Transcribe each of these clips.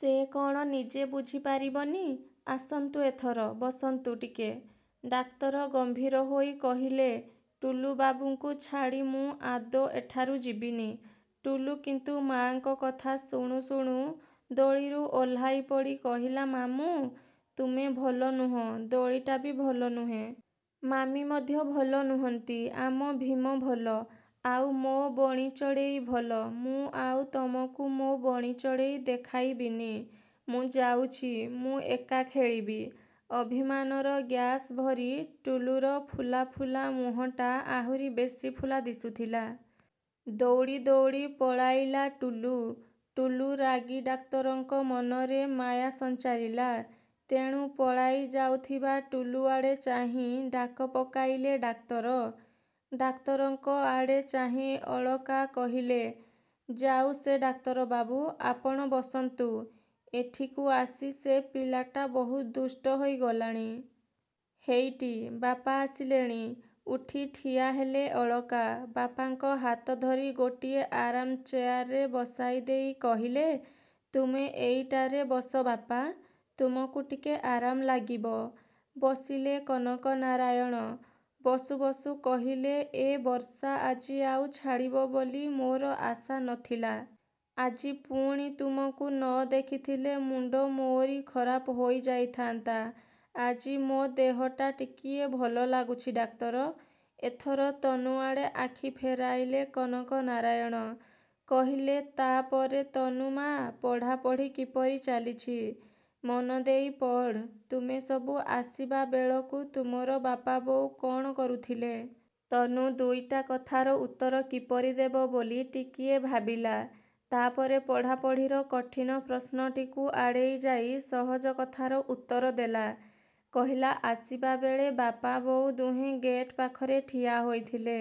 ସେ କ'ଣ ନିଜେ ଝୁଲିପାରିବନି। ଆସନ୍ତୁ ଏଥର। ବସନ୍ତୁ ଟିକେ। ଡାକ୍ତର ଗମ୍ଭୀର ହୋଇ କହିଲେ, ଟୁଲୁବାବୁଙ୍କୁ ଛାଡ଼ି ମୁଁ ଆଦୌ ଏଠାରୁ ଯିବିନି। ଟୁଲୁ କିନ୍ତୁ ମାଆଙ୍କ କଥା ଶୁଣୁ ଶୁଣୁ ଦୋଳିରୁ ଓହ୍ଲାଇପଡ଼ି କହିଲା ମାମୁଁ, ତୁମେ ଭଲ ନୁହଁ। ଦୋଳିଟା ବି ଭଲ ନୁହେଁ। ମାମି ମଧ୍ୟ ଭଲ ନୁହନ୍ତି। ଆମ ଭୀମ ଭଲ। ଆଉ ମୋ ବଣିଚଢ଼େଇ ଭଲ। ମୁଁ ଆଉ ତୁମକୁ ମୋ ବଣିଚଢ଼େଇ ଦେଖାଇବିନି। ମୁଁ ଯାଉଛି, ମୁଁ ଏକା ଖେଳିବି। ଅଭିମାନର ଗ୍ୟାସ୍ ଭରି ଟୁଲୁର ଫୁଲା ଫୁଲା ମୁହଁଟା ଆହୁରି ବେଶି ଫୁଲା ଦିଶୁଥିଲା। ଦୌଡ଼ି ଦୌଡ଼ି ପଳାଇଲା ଟୁଲୁ। ଟୁଲୁ ରାଗି ଡାକ୍ତରଙ୍କ ମନରେ ମାୟା ସଞ୍ଚାରିଲା। ତେଣୁ ପଳାଇ ଯାଉଥିବା ଟୁଲୁଆଡ଼େ ଚାହିଁ ଡାକ ପକାଇଲେ ଡାକ୍ତର। ଡାକ୍ତରଙ୍କ ଆଡ଼େ ଚାହିଁ ଅଳକା କହିଲେ ଯାଉ ସେ ଡାକ୍ତରବାବୁ, ଆପଣ ବସନ୍ତୁ। ଏଠିକୁ ଆସି ସେ ପିଲାଟା ବହୁତ ଦୁଷ୍ଟ ହୋଇଗଲାଣି। ହେଇଟି, ବାପା ଆସିଲେଣି। ଉଠି ଠିଆହେଲେ ଅଳକା। ବାପାଙ୍କ ହାତ ଧରି ଗୋଟିଏ ଆରାମ ଚେୟାରରେ ବସାଇଦେଇ କହିଲେ ତୁମେ ଏଇଟାରେ ବସ ବାପା। ତୁମକୁ ଟିକେ ଆରାମ ଲାଗିବ। ବସିଲେ କନକନାରାୟଣ। ବସୁ ବସୁ କହିଲେ ଏ ବର୍ଷା ଆଜି ଆଉ ଛାଡ଼ିବ ବୋଲି ମୋର ଆଶା ନ ଥିଲା। ଆଜି ପୁଣି ତୁମକୁ ନ ଦେଖିଥିଲେ ମୁଣ୍ଡ ମୋରି ଖରାପ ହୋଇଯାଇଥାନ୍ତା। ଆଜି ମୋ ଦେହଟା ଟିକିଏ ଭଲ ଲାଗୁଛି ଡାକ୍ତର। ଏଥର ତନୁଆଡ଼େ ଆଖି ଫେରାଇଲେ କନକନାରାୟଣ। କହିଲେ ତା'ପରେ ତନୁ ମା', ପଢ଼ାପଢ଼ି କିପରି ଚାଲିଛି? ମନଦେଇ ପଢ଼। ତୁମେ ସବୁ ଆସିବା ବେଳକୁ ତୁମର ବାପା ବୋଉ କ'ଣ କରୁଥିଲେ? ତନୁ ଦୁଇଟା କଥାର ଉତ୍ତର କିପରି ଦେବ ବୋଲି ଟିକିଏ ଭାବିଲା। ତା'ପରେ ପଢ଼ାପଢ଼ିର କଠିଣ ପ୍ରଶ୍ନଟିକୁ ଆଡ଼େଇଯାଇ ସହଜ କଥାର ଉତ୍ତର ଦେଲା। କହିଲା, ଆସିବାବେଳେ ବାପା ବୋଉ ଦୁହେଁ ଗେଟ୍ ପାଖରେ ଠିଆହୋଇଥିଲେ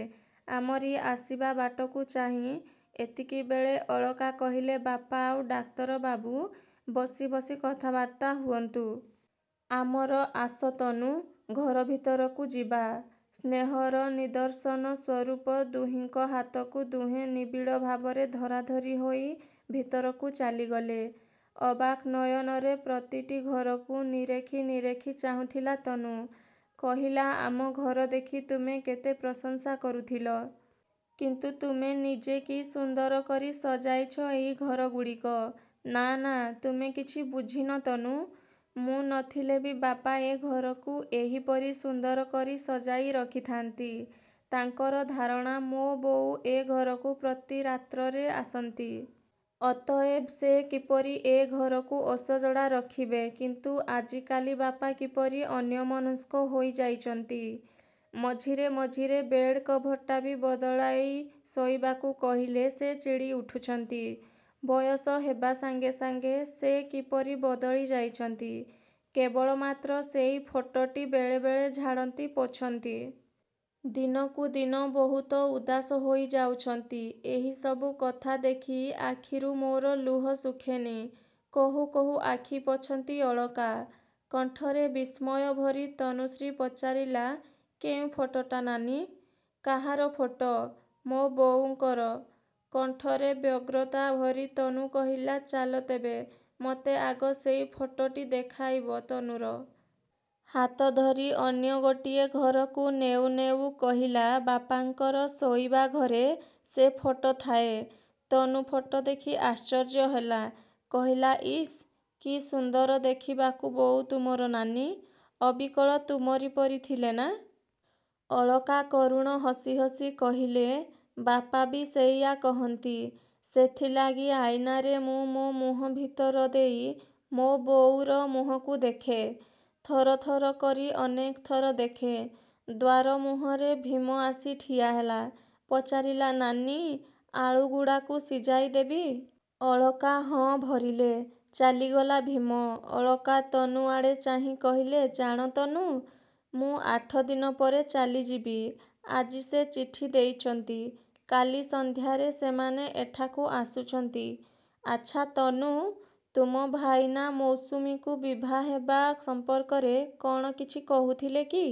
ଆମରି ଆସିବା ବାଟକୁ ଚାହିଁ। ଏତିକିବେଳେ ଅଳକା କହିଲେ ବାପା ଆଉ ଡାକ୍ତରବାବୁ ବସି ବସି କଥାବାର୍ତ୍ତା ହୁଅନ୍ତୁ। ଆମର ଆସ ତନୁ, ଘର ଭିତରକୁ ଯିବା। ସ୍ନେହର ନିଦର୍ଶନ ସ୍ୱରୂପ ଦୁହିଁଙ୍କ ହାତକୁ ଦୁହେଁ ନିବିଡ଼ ଭାବରେ ଧରାଧରି ହୋଇ ଭିତରକୁ ଚାଲିଗଲେ। ଅବାକ୍ ନୟନରେ ପ୍ରତିଟି ଘରକୁ ନିରେଖି ନିରେଖି ଚାହୁଁଥିଲା ତନୁ। କହିଲା, ଆମ ଘର ଦେଖି ତୁମେ କେତେ ପ୍ରଶଂସା କରୁଥିଲ। କିନ୍ତୁ ତୁମେ ନିଜେ କି ସୁନ୍ଦର କରି ସଜାଇଛ ଏହି ଘରଗୁଡ଼ିକ। ନା ନା, ତୁମେ କିଛି ବୁଝିନ ତନୁ। ମୁଁ ନଥିଲେ ବି ବାପା ଏ ଘରକୁ ଏହିପରି ସୁନ୍ଦର କରି ସଜାଇ ରଖିଥାନ୍ତି। ତାଙ୍କର ଧାରଣା ମୋ ବୋଉ ଏ ଘରକୁ ପ୍ରତି ରାତ୍ରରେ ଆସନ୍ତି। ଅତଏବ ସେ କିପରି ଏ ଘରକୁ ଅସଜଡ଼ା ରଖିବେ? କିନ୍ତୁ ଆଜିକାଲି ବାପା କିପରି ଅନ୍ୟମନସ୍କ ହୋଇଯାଇଛନ୍ତି। ମଝିରେ ମଝିରେ ବେଡ୍ କଭର୍ଟା ବି ବଦଳାଇ ଶୋଇବାକୁ କହିଲେ ସେ ଚିଡ଼ି ଉଠୁଛନ୍ତି। ବୟସ ହେବା ସାଙ୍ଗେ ସାଙ୍ଗେ ସେ କିପରି ବଦଳି ଯାଇଛନ୍ତି। କେବଳମାତ୍ର ସେଇ ଫଟୋଟି ବେଳେବେଳେ ଝାଡ଼ନ୍ତି, ପୋଛନ୍ତି। ଦିନକୁ ଦିନ ବହୁତ ଉଦାସ ହୋଇଯାଉଛନ୍ତି। ଏହି ସବୁ କଥା ଦେଖି ଆଖିରୁ ମୋର ଲୁହ ସୁଖେନି। କହୁ କହୁ ଆଖି ପୋଛନ୍ତି ଅଳକା। କଣ୍ଠରେ ବିସ୍ମୟ ଭରି ତନୁଶ୍ରୀ ପଚାରିଲା, କେଉଁ ଫଟୋଟା ନାନୀ? କାହାର ଫଟୋ? ମୋ ବୋଉଙ୍କର। କଣ୍ଠରେ ବ୍ୟଗ୍ରତା ଭରି ତନୁ କହିଲା ଚାଲ ତେବେ, ମୋତେ ଆଗ ସେଇ ଫଟୋଟି ଦେଖାଇବ। ତନୁର ହାତ ଧରି ଅନ୍ୟ ଗୋଟିଏ ଘରକୁ ନେଉ ନେଉ କହିଲା ବାପାଙ୍କର ଶୋଇବା ଘରେ ସେ ଫଟୋ ଥାଏ। ତନୁ ଫଟୋ ଦେଖି ଆଶ୍ଚର୍ଯ୍ୟ ହେଲା। କହିଲା ଇସ୍, କି ସୁନ୍ଦର ଦେଖିବାକୁ ବୋଉ ତୁମର, ନାନୀ। ଅବିକଳ ତୁମରି ପରି ଥିଲେ, ନା? ଅଳକା କରୁଣ ହସି ହସି କହିଲେ ବାପା ବି ସେଇଆ କହନ୍ତି। ସେଥିଲାଗି ଅଇନାରେ ମୁଁ ମୋ ମୁହଁ ଭିତର ଦେଇ ମୋ ବୋଉର ମୁହଁକୁ ଦେଖେ। ଥର ଥର କରି ଅନେକଥର ଦେଖେ। ଦ୍ୱାର ମୁହଁରେ ଭୀମ ଆସି ଠିଆହେଲା। ପଚାରିଲା ନାନୀ, ଆଳୁ ଗୁଡ଼ାକୁ ସିଝାଇ ଦେବି? ଅଳକା ହଁ ଭରିଲେ। ଚାଲିଗଲା ଭୀମ। ଅଳକା ତନୁଆଡ଼େ ଚାହିଁ କହିଲେ ଜାଣ ତନୁ, ମୁଁ ଆଠଦିନ ପରେ ଚାଲିଯିବି। ଆଜି ସେ ଚିଠି ଦେଇଛନ୍ତି। କାଲି ସନ୍ଧ୍ୟାରେ ସେମାନେ ଏଠାକୁ ଆସୁଛନ୍ତି। ଆଚ୍ଛା ତନୁ, ତୁମ ଭାଇନା ମୌସୁମୀକୁ ବିଭା ହେବା ସମ୍ପର୍କରେ କ'ଣ କିଛି କହୁଥିଲେ କି?